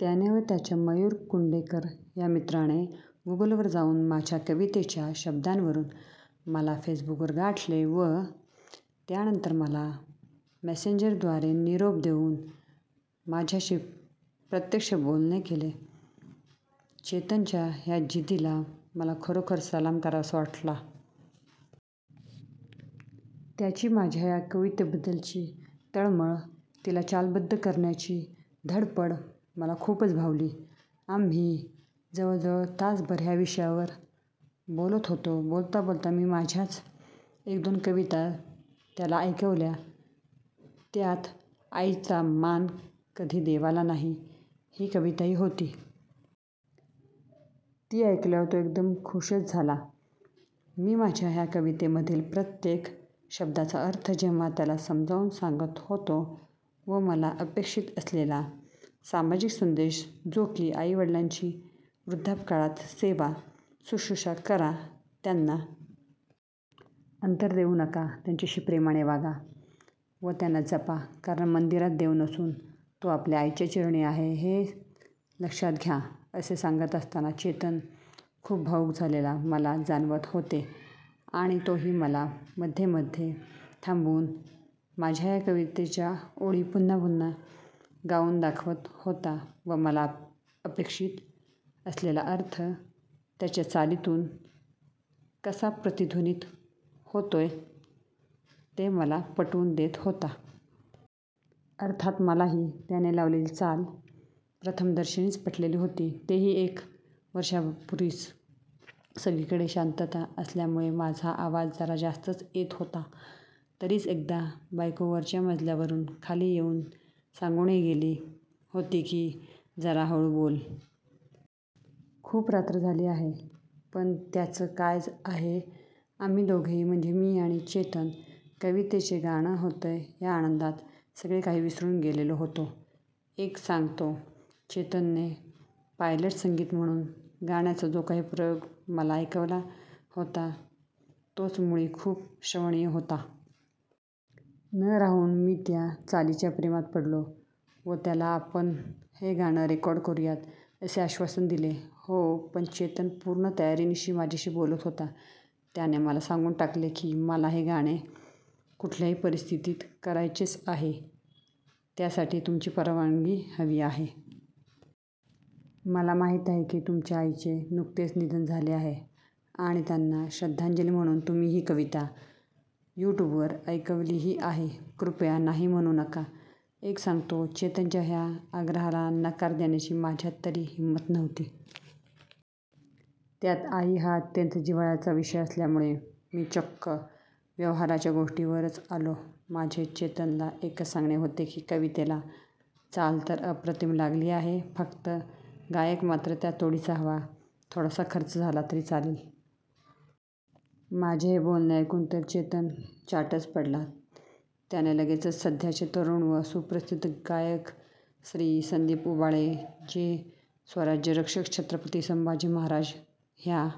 त्याने व त्याच्या मयूर कुंडेकर ह्या मित्राने गुगलवर जाऊन माझ्या कवितेच्या शब्दांवरून मला फेसबुकवर गाठले व त्यानंतर मला मेसेंजरद्वारे निरोप देऊन माझ्याशी प्रत्यक्ष बोलणे केले. चेतनच्या ह्या जिद्दीला मला खरोखर सलाम करावासा वाटला. त्याची माझ्या ह्या कवितेबद्दलची तळमळ, तिला चालबद्ध करण्याची धडपड मला खूपच भावली. आम्ही जवळजवळ तासभर ह्या विषयावर बोलत होतो. बोलता बोलता मी माझ्याच एक दोन कविता त्याला ऐकवल्या. त्यात आईचा मान कधी देवाला नाही ही कविताही होती. ती ऐकल्यावर तो एकदम खूशच झाला. मी माझ्या ह्या कवितेमधील प्रत्येक शब्दाचा अर्थ जेव्हा त्याला समजावून सांगत होतो व मला अपेक्षित असलेला सामाजिक संदेश जो की आई वडिलांची वृद्धापकाळात सेवा, सुश्रुषा करा, त्यांना अंतर देऊ नका, त्यांच्याशी प्रेमाने वागा व त्यांना जपा, कारण मंदिरात देव नसून तो आपल्या आईच्या चरणी आहे हे लक्षात घ्या, असे सांगत असताना चेतन खूप भावूक झालेला मला जाणवत होते आणि तोही मला मध्ये मध्ये थांबवून माझ्या ह्या कवितेच्या ओळी पुन्हा पुन्हा गाऊन दाखवत होता व मला अपेक्षित असलेला अर्थ त्याच्या चालीतून कसा प्रतिध्वनित होतोय ते मला पटवून देत होता. अर्थात मलाही, त्याने लावलेली चाल प्रथमदर्शनीच पटलेली होती, तेही एक वर्षापूर्वीच! सगळीकडे शांतता असल्यामुळे माझा आवाज जरा जास्तच येत होता. तरीच एकदा बायको वरच्या मजल्यावरून खाली येऊन सांगूनही गेली होती की, जरा हळू बोल! खूप रात्र झाली आहे! पण त्याचं काय आहे, आम्ही दोघेही म्हणजे मी आणि चेतन कवितेचे गाणं होतंय ह्या आनंदात सगळे काही विसरून गेलेलो होतो. एक सांगतो, चेतनने पायलट संगीत म्हणून गाण्याचा जो काही प्रयोग मला ऐकवला होता तोच मुळी खूप श्रवणीय होता. न राहवून मी त्या चालीच्या प्रेमात पडलो व त्याला आपण हे गाणे रेकॉर्ड करूयात असे आश्वासन दिले. हो पण चेतन पूर्ण तयारीनिशी माझ्याशी बोलत होता. त्याने मला सांगून टाकले की, मला हे गाणे कुठल्याही परिस्थितीत करायचेच आहे, त्यासाठी तुमची परवानगी हवी आहे. मला माहिती आहे की तुमच्या आईचे नुकतेच निधन झाले आहे आणि त्यांना श्रद्धांजली म्हणून तुम्ही ही कविता यूट्यूबवर ऐकवलीही आहे. कृपया नाही म्हणू नका! एक सांगतो, चेतनच्या ह्या आग्रहाला नकार देण्याची माझ्यात तरी हिंमत नव्हती. त्यात आई हा अत्यंत जिव्हाळ्याचा विषय असल्यामुळे मी चक्क व्यवहाराच्या गोष्टींवरच आलो. माझे चेतनला एकच सांगणे होते की, कवितेला चाल तर अप्रतिम लागली आहे, फक्त गायक मात्र त्या तोडीचा हवा. थोडासा खर्च झाला तरी चालेल. माझे हे बोलणे ऐकून तर चेतन चाटच पडला. त्याने लगेचच सध्याचे तरुण व सुप्रसिद्ध गायक श्री. संदीप उबाळे, जे स्वराज्यरक्षक छत्रपती संभाजी महाराज ह्या